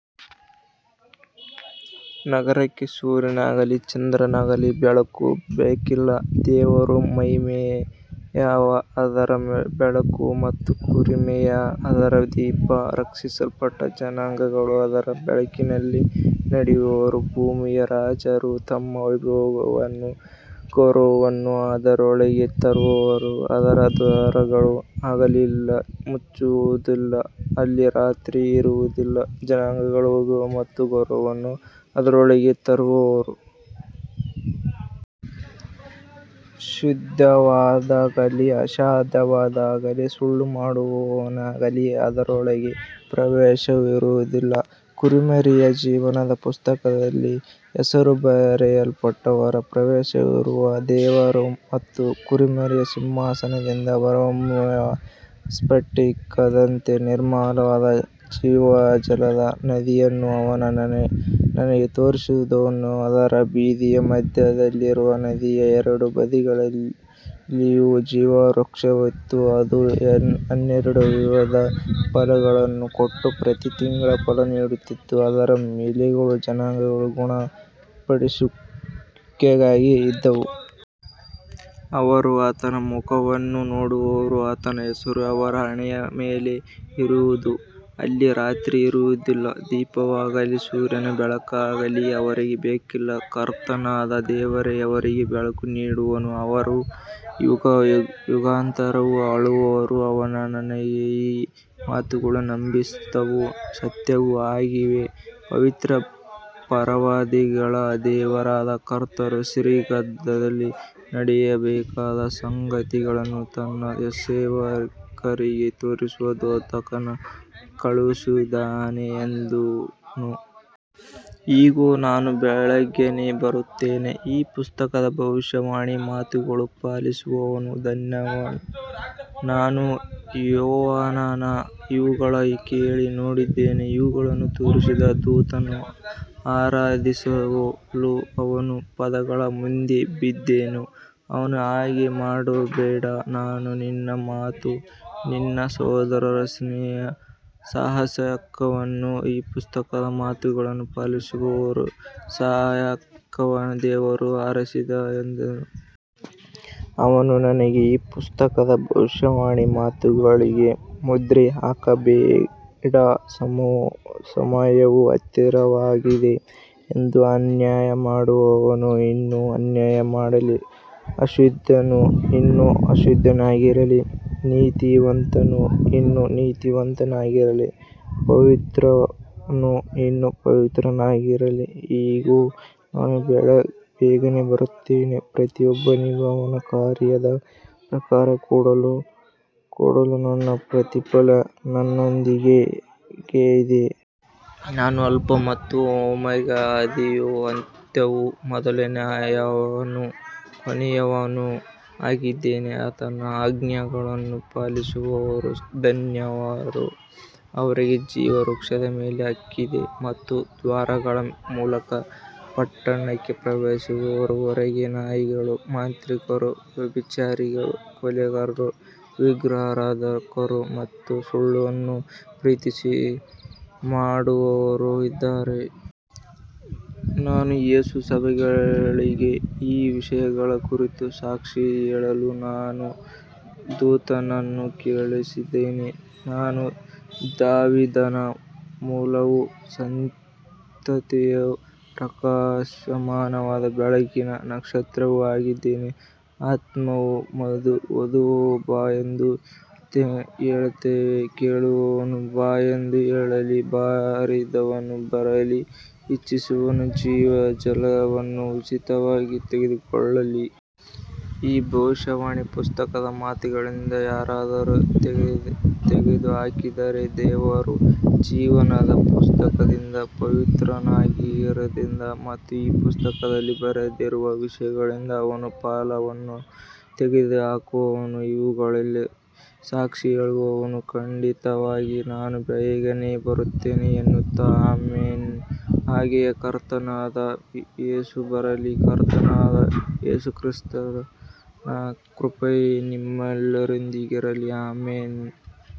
ನಗರಕ್ಕೆ ಸೂರ್ಯನಾಗಲಿ ಚಂದ್ರನಾಗಲಿ ಬೆಳಕು ಬೇಕಿಲ್ಲ, ದೇವರ ಮಹಿಮೆಯೇ ಅದರ ಬೆಳಕು ಮತ್ತು ಕುರಿಮರಿಯೇ ಅದರ ದೀಪ. ರಕ್ಷಿಸಲ್ಪಟ್ಟ ಜನಾಂಗಗಳು ಅದರ ಬೆಳಕಿನಲ್ಲಿ ನಡೆಯುವರು, ಭೂಮಿಯ ರಾಜರು ತಮ್ಮ ವೈಭವವನ್ನೂ ಗೌರವವನ್ನೂ ಅದರೊಳಗೆ ತರುವರು. ಅದರ ದ್ವಾರಗಳು ಹಗಲಿನಲ್ಲಿ ಮುಚ್ಚುವುದಿಲ್ಲ, ಅಲ್ಲಿ ರಾತ್ರಿ ಇರುವುದಿಲ್ಲ. ಜನಾಂಗಗಳ ವೈಭವ ಮತ್ತು ಗೌರವವನ್ನು ಅದರೊಳಗೆ ತರುವರು. ಅಶುದ್ಧವಾದದ್ದಾಗಲಿ ಅಸಹ್ಯವಾದದ್ದಾಗಲಿ ಸುಳ್ಳು ಮಾಡುವವನಾಗಲಿ ಅದರೊಳಗೆ ಪ್ರವೇಶಿಸುವುದಿಲ್ಲ, ಕುರಿಮರಿಯ ಜೀವನದ ಪುಸ್ತಕದಲ್ಲಿ ಹೆಸರು ಬರೆಯಲ್ಪಟ್ಟವರೇ ಪ್ರವೇಶಿಸುವರು. ದೇವರು ಮತ್ತು ಕುರಿಮರಿಯ ಸಿಂಹಾಸನದಿಂದ ಹೊರಹೊಮ್ಮುವ ಸ್ಫಟಿಕದಂತೆ ನಿರ್ಮಲವಾದ ಜೀವಜಲದ ನದಿಯನ್ನು ಅವನು ನನಗೆ ತೋರಿಸಿದನು. ಅದರ ಬೀದಿಯ ಮಧ್ಯದಲ್ಲಿಯೂ ನದಿಯ ಎರಡೂ ಬದಿಗಳಲ್ಲಿಯೂ ಜೀವವೃಕ್ಷವಿತ್ತು. ಅದು ಹನ್ನೆರಡು ವಿಧದ ಫಲಗಳನ್ನು ಕೊಟ್ಟು, ಪ್ರತಿ ತಿಂಗಳು ಫಲ ನೀಡುತ್ತಿತ್ತು, ಅದರ ಎಲೆಗಳು ಜನಾಂಗಗಳ ಗುಣಪಡಿಸುವಿಕೆಗಾಗಿ ಇದ್ದವು. ಅವರು ಆತನ ಮುಖವನ್ನು ನೋಡುವರು, ಆತನ ಹೆಸರು ಅವರ ಹಣೆಯ ಮೇಲೆ ಇರುವುದು. ಅಲ್ಲಿ ರಾತ್ರಿ ಇರುವುದಿಲ್ಲ, ದೀಪವಾಗಲಿ ಸೂರ್ಯನ ಬೆಳಕಾಗಲಿ ಅವರಿಗೆ ಬೇಕಿಲ್ಲ, ಕರ್ತನಾದ ದೇವರೇ ಅವರಿಗೆ ಬೆಳಕು ನೀಡುವನು, ಅವರು ಯುಗಯುಗಾಂತರವೂ ಆಳುವರು. ಅವನು ನನಗೆ, ಈ ಮಾತುಗಳು ನಂಬಿಗಸ್ತವೂ ಸತ್ಯವೂ ಆಗಿವೆ, ಪವಿತ್ರ ಪ್ರವಾದಿಗಳ ದೇವರಾದ ಕರ್ತನು ಶೀಘ್ರದಲ್ಲೇ ನಡೆಯಬೇಕಾದ ಸಂಗತಿಗಳನ್ನು ತನ್ನ ಸೇವಕರಿಗೆ ತೋರಿಸಲು ದೂತನನ್ನು ಕಳುಹಿಸಿದ್ದಾನೆ ಎಂದನು. ಇಗೋ, ನಾನು ಬೇಗನೆ ಬರುತ್ತೇನೆ, ಈ ಪುಸ್ತಕದ ಭವಿಷ್ಯವಾಣಿಯ ಮಾತುಗಳನ್ನು ಪಾಲಿಸುವವನು ಧನ್ಯನು. ನಾನು ಯೋಹಾನನು ಇವುಗಳನ್ನು ಕೇಳಿ ನೋಡಿದೆನು, ಇವುಗಳನ್ನು ತೋರಿಸಿದ ದೂತನನ್ನು ಆರಾಧಿಸಲು ಅವನ ಪಾದಗಳ ಮುಂದೆ ಬಿದ್ದೆನು. ಅವನು, ಹಾಗೆ ಮಾಡಬೇಡ, ನಾನು ನಿನ್ನ ಮತ್ತು ನಿನ್ನ ಸಹೋದರರ ಸಹಸೇವಕನು, ಈ ಪುಸ್ತಕದ ಮಾತುಗಳನ್ನು ಪಾಲಿಸುವವರ ಸಹಸೇವಕನು, ದೇವರನ್ನು ಆರಾಧಿಸು ಎಂದನು. ಅವನು ನನಗೆ, ಈ ಪುಸ್ತಕದ ಭವಿಷ್ಯವಾಣಿಯ ಮಾತುಗಳಿಗೆ ಮುದ್ರೆ ಹಾಕಬೇಡ, ಸಮಯವು ಹತ್ತಿರವಾಗಿದೆ ಎಂದನು. ಅನ್ಯಾಯ ಮಾಡುವವನು ಇನ್ನೂ ಅನ್ಯಾಯ ಮಾಡಲಿ, ಅಶುದ್ಧನು ಇನ್ನೂ ಅಶುದ್ಧನಾಗಿರಲಿ, ನೀತಿವಂತನು ಇನ್ನೂ ನೀತಿವಂತನಾಗಿರಲಿ, ಪವಿತ್ರನು ಇನ್ನೂ ಪವಿತ್ರನಾಗಿರಲಿ. ಇಗೋ, ನಾನು ಬೇಗನೆ ಬರುತ್ತೇನೆ, ಪ್ರತಿಯೊಬ್ಬನಿಗೂ ಅವನ ಕಾರ್ಯದ ಪ್ರಕಾರ ಕೊಡಲು ನನ್ನ ಪ್ರತಿಫಲ ನನ್ನೊಂದಿಗಿದೆ. ನಾನು ಆಲ್ಫಾ ಮತ್ತು ಓಮೆಗಾ, ಆದಿಯೂ ಅಂತ್ಯವೂ, ಮೊದಲನೆಯವನೂ ಕೊನೆಯವನೂ ಆಗಿದ್ದೇನೆ. ಆತನ ಆಜ್ಞೆಗಳನ್ನು ಪಾಲಿಸುವವರು ಧನ್ಯರು, ಅವರಿಗೆ ಜೀವವೃಕ್ಷದ ಮೇಲೆ ಹಕ್ಕಿದೆ ಮತ್ತು ದ್ವಾರಗಳ ಮೂಲಕ ಪಟ್ಟಣಕ್ಕೆ ಪ್ರವೇಶಿಸುವರು. ಹೊರಗೆ ನಾಯಿಗಳು, ಮಾಂತ್ರಿಕರು, ವ್ಯಭಿಚಾರಿಗಳು, ಕೊಲೆಗಾರರು, ವಿಗ್ರಹಾರಾಧಕರು ಮತ್ತು ಸುಳ್ಳನ್ನು ಪ್ರೀತಿಸಿ ಮಾಡುವವರು ಇದ್ದಾರೆ. ನಾನು ಯೇಸು, ಸಭೆಗಳಿಗೆ ಈ ವಿಷಯಗಳ ಕುರಿತು ಸಾಕ್ಷಿ ಹೇಳಲು ನನ್ನ ದೂತನನ್ನು ಕಳುಹಿಸಿದ್ದೇನೆ. ನಾನು ದಾವೀದನ ಮೂಲವೂ ಸಂತತಿಯೂ, ಪ್ರಕಾಶಮಾನವಾದ ಬೆಳಗಿನ ನಕ್ಷತ್ರವೂ ಆಗಿದ್ದೇನೆ. ಆತ್ಮವೂ ವಧುವೂ, ಬಾ ಎಂದು ಹೇಳುತ್ತವೆ. ಕೇಳುವವನು, ಬಾ ಎಂದು ಹೇಳಲಿ. ಬಾಯಾರಿದವನು ಬರಲಿ, ಇಚ್ಛಿಸುವವನು ಜೀವಜಲವನ್ನು ಉಚಿತವಾಗಿ ತೆಗೆದುಕೊಳ್ಳಲಿ. ಈ ಭವಿಷ್ಯವಾಣಿಯ ಪುಸ್ತಕದ ಮಾತುಗಳಿಂದ ಯಾರಾದರೂ ತೆಗೆದುಹಾಕಿದರೆ, ದೇವರು ಜೀವನದ ಪುಸ್ತಕದಿಂದ, ಪವಿತ್ರನಗರದಿಂದ ಮತ್ತು ಈ ಪುಸ್ತಕದಲ್ಲಿ ಬರೆದಿರುವ ವಿಷಯಗಳಿಂದ ಅವನ ಪಾಲನ್ನು ತೆಗೆದುಹಾಕುವನು. ಇವುಗಳಿಗೆ ಸಾಕ್ಷಿ ಹೇಳುವವನು, ಖಂಡಿತವಾಗಿ ನಾನು ಬೇಗನೆ ಬರುತ್ತೇನೆ ಎನ್ನುತ್ತಾನೆ. ಆಮೆನ್, ಹಾಗೆಯೇ ಕರ್ತನಾದ ಯೇಸು ಬರಲಿ. ಕರ್ತನಾದ ಯೇಸು ಕ್ರಿಸ್ತನ ಕೃಪೆಯು ನಿಮ್ಮೆಲ್ಲರೊಂದಿಗಿರಲಿ. ಆಮೆನ್.